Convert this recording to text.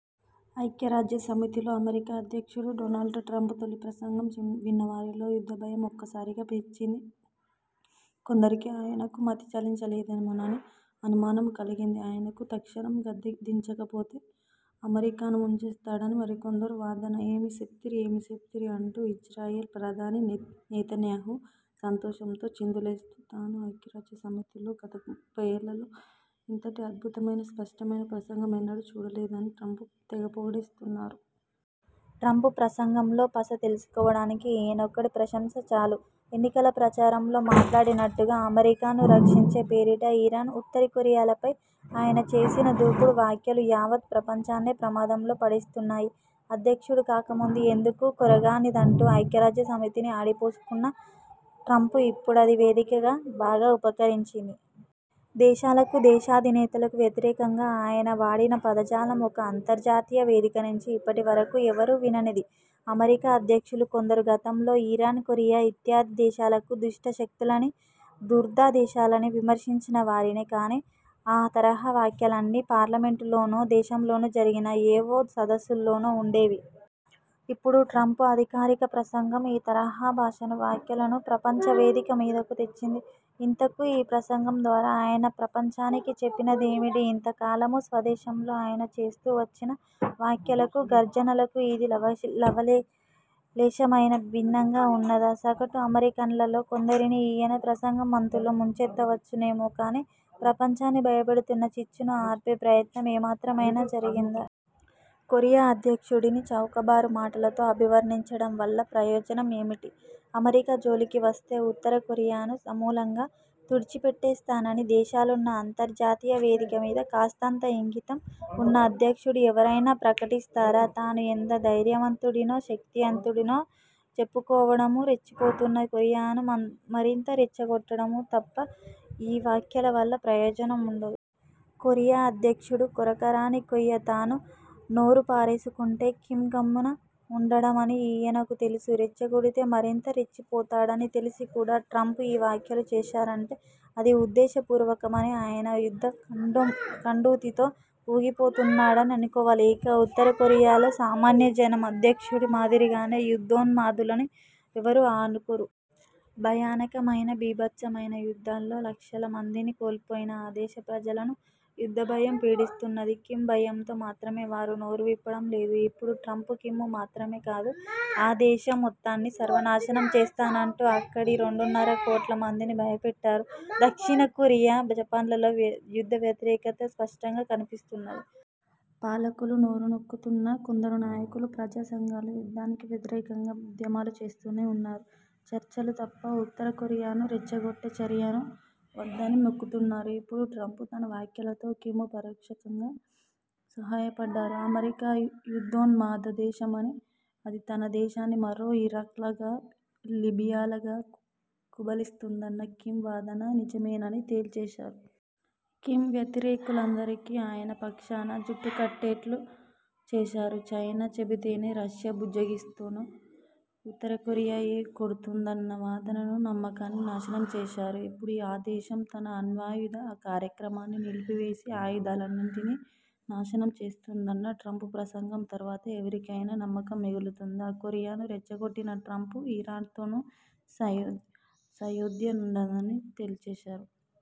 ఐక్యరాజ్య సమితిలో అమెరికా అధ్యక్షుడు డొనాల్డ్ ట్రంప్ తొలి ప్రసంగం విన్నవారిలో యుద్ధభయం ఒక్కసారిగా పెచ్చింది. కొందరికి ఆయనకు మతిచలించిందేమోనని అనుమానమూ కలిగింది. ఆయనను తక్షణం గద్దె దించకపోతే అమెరికాను ముంచేస్తాడని మరికొందరి వాదన. ఏమి సెప్తిరి, ఏమి సెప్తిరి అంటూ ఇజ్రాయెల్ ప్రధాని నెతన్యాహూ సంతోషంతో చిందులేస్తూ తాను ఐక్యరాజ్యసమితిలో గత ముప్పయ్యేళ్ళలో ఇంతటి అద్భుతమైన, స్పష్టమైన ప్రసంగం ఎన్నడూ చూడలేదని ట్రంప్ను తెగపొగిడేస్తున్నారు. ట్రంప్ ప్రసంగంలో పస తెలుసుకోవడానికి ఈయనొక్కడి ప్రశంస చాలు. ఎన్నికల ప్రచారంలో మాట్లాడినట్టుగా, అమెరికాను రక్షించే పేరిట ఇరాన్, ఉత్తరకొరియాలపై ఆయన చేసిన దూకుడు వ్యాఖ్యలు యావత్ ప్రపంచాన్నే ప్రమాదంలో పడేస్తున్నాయి. అధ్యక్షుడు కాకముందు ఎందుకూ కొరగానిదంటూ ఐక్యరాజ్యసమితిని ఆడిపోసుకున్న ట్రంప్కు ఇప్పుడది వేదికగా బాగా ఉపకరించింది. దేశాలకు, దేశాధినేతలకు వ్యతిరేకంగా ఆయన వాడిన పదజాలం ఒక అంతర్జాతీయ వేదికనుంచి ఇప్పటివరకూ ఎవరూ విననిది. అమెరికా అధ్యక్షులు కొందరు గతంలో ఇరాన్, కొరియా ఇత్యాది దేశాలను దుష్టశక్తులనీ, ధూర్తదేశాలనీ విమర్శించినవారే. కానీ, ఆ తరహా వ్యాఖ్యలన్నీ పార్లమెంటులోనో, దేశంలోనే జరిగిన ఏవో సదస్సుల్లోనో ఉండేవి. ఇప్పుడు ట్రంప్ అధికారిక ప్రసంగం ఈ తరహా భాషనూ, వ్యాఖ్యలను ప్రపంచవేదికమీదకు తెచ్చింది. ఇంతకూ ఈ ప్రసంగం ద్వారా ఆయన ప్రపంచానికి చెప్పినదేమిటి? ఇంతకాలమూ స్వదేశంలో ఆయన చేస్తూవచ్చిన వ్యాఖ్యలకు, గర్జనలకు ఇది లవలేశమైనా భిన్నంగా ఉన్నదా? సగటు అమెరికన్లలో కొందరిని ఈయన ప్రసంగం మత్తులో ముంచెత్తవచ్చునేమో కానీ, ప్రపంచాన్ని భయపెడుతున్న చిచ్చును ఆర్పే ప్రయత్నం ఏమాత్రమైనా జరిగిందా? కొరియా అధ్యక్షుడిని చౌకబారు మాటలతో అభివర్ణించడం వల్ల ప్రయోజనం ఏమిటి? అమెరికా జోలికి వస్తే ఉత్తరకొరియాను సమూలంగా తుడిచిపెట్టేస్తానని దేశాలున్న అంతర్జాతీయ వేదికమీద కాస్తంత ఇంగితం ఉన్న అధ్యక్షుడు ఎవరైనా ప్రకటిస్తారా? తాను ఎంత ధైర్యవంతుడినో, శక్తిమంతుడినో చెప్పుకోవడమూ, రెచ్చిపోతున్న కొరియాను మరింత రెచ్చగొట్టడమూ తప్ప ఈ వ్యాఖ్యలవల్ల ప్రయోజనం ఉండదు. కొరియా అధ్యక్షుడు కొరకరాని కొయ్య. తాను నోరుపారేసుకుంటే కిమ్ గమ్మున ఉండడని ఈయనకూ తెలుసు. రెచ్చగొడితే మరింత రెచ్చిపోతాడని తెలిసి కూడా ట్రంప్ ఈ వ్యాఖ్యలు చేశారంటే అది ఉద్దేశపూర్వకమనీ, ఆయన యుద్ధకండూతితో ఊగిపోతున్నాడనీ అనుకోవాలి. ఇక, ఉత్తరకొరియాలో సామాన్య జనం అధ్యక్షుడి మాదిరిగానే యుద్ధోన్మాదులని ఎవరూ అనుకోరు. భయానకమైన బీభత్సమైన యుద్ధాల్లో లక్షలమందిని కోల్పోయిన ఆ దేశ ప్రజలను యుద్ధభయం పీడిస్తున్నది. కిమ్ భయంతో మాత్రమే వారు నోరువిప్పడం లేదు. ఇప్పుడు ట్రంప్ కిమ్ను మాత్రమే కాదు, ఆ దేశం మొత్తాన్ని సర్వనాశనం చేస్తానంటూ అక్కడి రెండున్నరకోట్లమందినీ భయపెట్టారు. దక్షిణకొరియా, జపాన్లలో యుద్ధవ్యతిరేకత స్పష్టంగా కనిపిస్తున్నది. పాలకులు నోరునొక్కుతున్నా, కొందరు నాయకులు, ప్రజాసంఘాలు యుద్ధానికి వ్యతిరేకంగా ఉద్యమాలు చేస్తూనే ఉన్నారు. చర్చలు తప్ప ఉత్తరకొరియాను రెచ్చగొట్టే చర్యలు వద్దని మొక్కుతున్నారు. ఇప్పుడు ట్రంప్ తన వ్యాఖ్యలతో కిమ్కు పరోక్షంగా సహాయపడ్డారు. అమెరికా యుద్ధోన్మాదదేశమనీ, అది తన దేశాన్ని మరో ఇరాక్లాగా, లిబియాలాగా కబళిస్తుందన్న కిమ్ వాదన నిజమేనని తేల్చేశారు. కిమ్ వ్యతిరేకులందరికి ఆయన పక్షాన జట్టుకట్టేట్టు చేశారు. చైనా చెబితేనో, రష్యా బుజ్జగిస్తేనో ఉత్తరకొరియా ఊ కొడుతుందన్న వాదననూ, నమ్మకాన్ని నాశనం చేశారు. ఇప్పుడు ఆ దేశం తన అణ్వాయుధ కార్యక్రమాన్ని నిలిపివేసి, ఆయుధాలన్నింటినీ నాశనం చేస్తుందని ట్రంప్ ప్రసంగం తరువాత ఎవరికైనా నమ్మకం మిగులుతుందా? కొరియాను రెచ్చగొట్టిన ట్రంప్, ఇరాన్తోనూ సయోధ్య ఉండదని తేల్చేశారు.